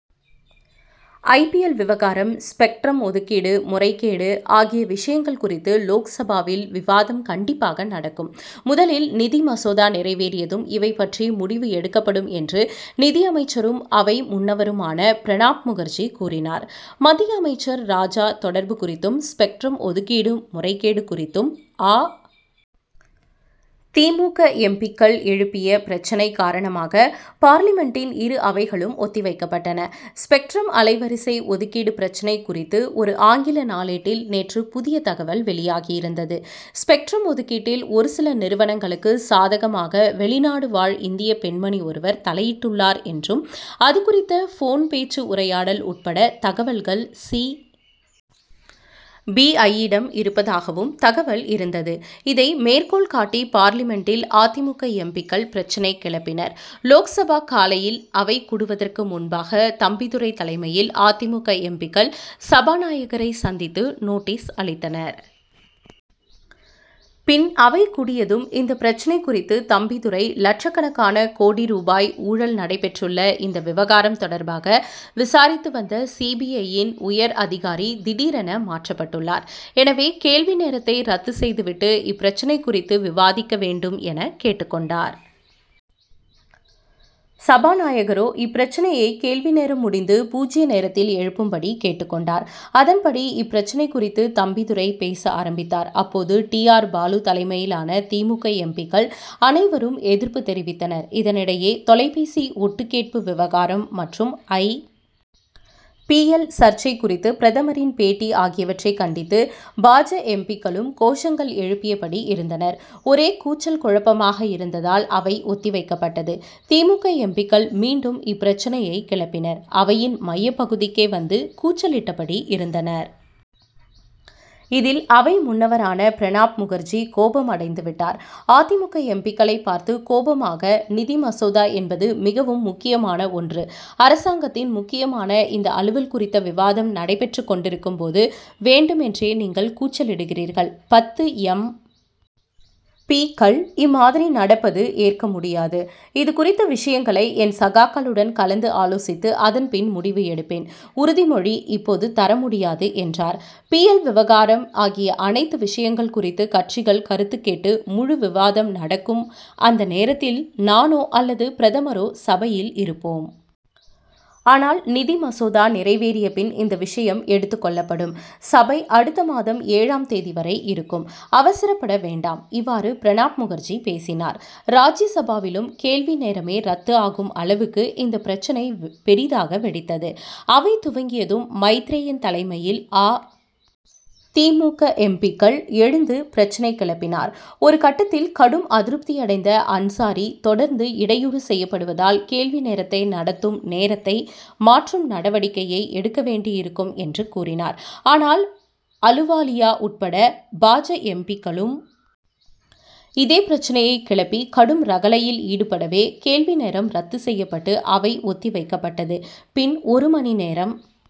ஐ. P. L. விவகாரம் spectrum ஒதுக்கீடு முறைகேடு ஆகிய விஷயங்கள் குறித்து லோக்சபாவில் விவாதம் கண்டிப்பாக நடக்கும். முதலில் நிதிமசோதா நிறைவேறியதும் இவை பற்றி முடிவு எடுக்கப்படும் என்று நிதியமைச்சரும் அவை முன்னவருமான பிரணாப் முகர்ஜி கூறினார். மத்திய அமைச்சர் ராஜா தொடர்பு குறித்தும் ஸ்பெக்ட்ரம் ஒதுக்கீடு முறைகேடு குறித்தும் அ. தி. மு. க. எம். பி.க்கள் எழுப்பிய பிரச்னை காரணமாக பார்லிமென்டின் இரு அவைகளும் ஒத்திவைக்கப்பட்டன. ஸ்பெக்ட்ரம் அலைவரிசை ஒதுக்கீடு பிரச்னை குறித்து ஒரு ஆங்கில நாளேட்டில் நேற்று புதிய தகவல் வெளியாகியிருந்தது. ஸ்பெக்ட்ரம் ஒதுக்கீட்டில் ஒரு சில நிறுவனங்களுக்கு சாதகமாக வெளிநாடு வாழ் இந்திய பெண்மணி ஒருவர் தலையிட்டுள்ளார் என்றும் அது குறித்த போன் பேச்சு உரையாடல் உட்பட தகவல்கள் சி. பி. ஐ.யிடம் இருப்பதாகவும் தகவல் இருந் தது. இதை மேற்கோள் காட்டி பார்லிமென்டில் அ. தி. மு. க. எம். பி.க்கள் பிரச்னை கிளப்பினர். லோக்சபா காலையில் அவை கூடுவதற்கு முன்பாக தம்பிதுரை தலைமையில் அ. தி. மு. க. எம். பி.க்கள் சபாநாயகரை சந்தித்து நோட்டீஸ் அளித்தனர். பின் அவை கூடியதும் இந்த பிரச்னை குறித்து தம்பிதுரை லட்சக்கணக்கான கோடி ரூபாய் ஊழல் நடைபெற்றுள்ள இந்த விவகாரம் தொடர்பாக விசாரித்துவந்த சி. பி. ஐ.யின் உயர் அதிகாரி திடீரென மாற்றப்பட்டுள்ளார். எனவே கேள்வி நேரத்தை ரத்து செய்துவிட்டு இப்பிரச்னை குறித்து விவாதிக்க வேண்டும் என கேட்டுக் கொண்டார். சபாநாயகரோ இப்பிரச்னையை கேள்விநேரம் முடிந்து பூஜ்ய நேரத்தில் எழுப்பும்படி கேட்டுக் கொண்டார். அதன்படி இப்பிரச்னை குறித்து தம்பிதுரை பேச ஆரம்பித்தார். அப்போது டி. ஆர். பாலு தலைமையிலான தி. மு. க. எம். பி.க்கள் அனைவரும் எதிர்ப்பு தெரிவித்தனர். இதனிடையே தொலைபேசி ஒட்டுக்கேட்பு விவகாரம் மற்றும் ஐ. பி. எல். சர்ச்சை குறித்து பிரதமரின் பேட்டி ஆகியவற்றை கண்டித்து பா. ஜ. எம். பி.க்களும் கோஷங்கள் எழுப்பியபடி இருந்தனர். ஒரே கூச்சல் குழப்பமாக இருந்ததால் அவை ஒத்திவைக்கப்பட்டது. தி. மு. க. எம். பி.க்கள் மீண்டும் இப்பிரச்னையை கிளப்பினர். அவையின் மையப்பகுதிக்கே வந்து கூச்சலிட்டபடி இருந்தனர். இதில் அவை முன்னவரான பிரணாப் முகர்ஜி கோபம் அடைந்துவிட்டார். அ. தி. மு. க. எம். பி.க்களை பார்த்து கோபமாக நிதிமசோதா என்பது மிகவும் முக்கியமான ஒன்று. அரசாங்கத்தின் முக்கியமான இந்த அலுவல் குறித்த விவாதம் நடைபெற்றுக் கொண்டிருக்கும்போது வேண்டுமென்றே நீங்கள் கூச்சலிடுகிறீர்கள். பத்து எம். பி.க்கள் இம்மாதிரி நடப்பது ஏற்க முடியாதது. இது குறித்த விஷயங்களை என் சகாக்களுடன் கலந்து ஆலோசித்து அதன் பின் முடிவு எடுப்பேன் உறுதிமொழி இப்போது தரமுடியாது என்றார். பி. எல். விவகாரம் ஆகிய அனைத்து விஷயங்கள் குறித்து கட்சிகள் கருத்துக் கேட்டு முழுவிவாதம் நடக்கும் அந்த நேரத்தில் நானோ அல்லது பிரதமரோ சபையில் இருப்போம். ஆனால் நிதிமசோதா நிறைவேறியபின் இந்தவிஷயம் எடுத்துக் கொள்ளப்படும். சபை அடுத்த மாதம் ஏழாம் தேதி வரை இருக்கும். அவசரப்பட வேண்டாம். இவ்வாறு பிரணாப் முகர்ஜி பேசினார். ராஜ்யசபாவிலும் கேள்விநேரமே ரத்து ஆகும் அளவுக்கு இந்த பிரச்னை பெரிதாக வெடித்தது. அவை துவங்கியதும் மைத்ரேயன் தலைமையில் அ. தி. மு. க. எம். பி.க்கள் எழுந்து பிரச்னை கிளப்பினார். ஒரு கட்டத்தில் கடும் அதிருப்தியடைந்த அன்சாரி தொடர்ந்து இடையூறு செய்யப்படுவதால் கேள்வி நேரத்தை நடத்தும் நேரத்தை மாற்றும் நடவடிக்கையை எடுக்க வேண்டியிருக்கும் என்று கூறினார். ஆனால் அலுவாலியா உட்பட பா. ஜ. எம். பி.க்களும் இதே பிரச்னையை கிளப்பி கடும் ரகளையில் ஈடுபடவே கேள்வி நேரம் ரத்து செய்யப்பட்டு அவை ஒத்தி வைக்கப்பட்டது. பின் ஒரு மணி நேரம்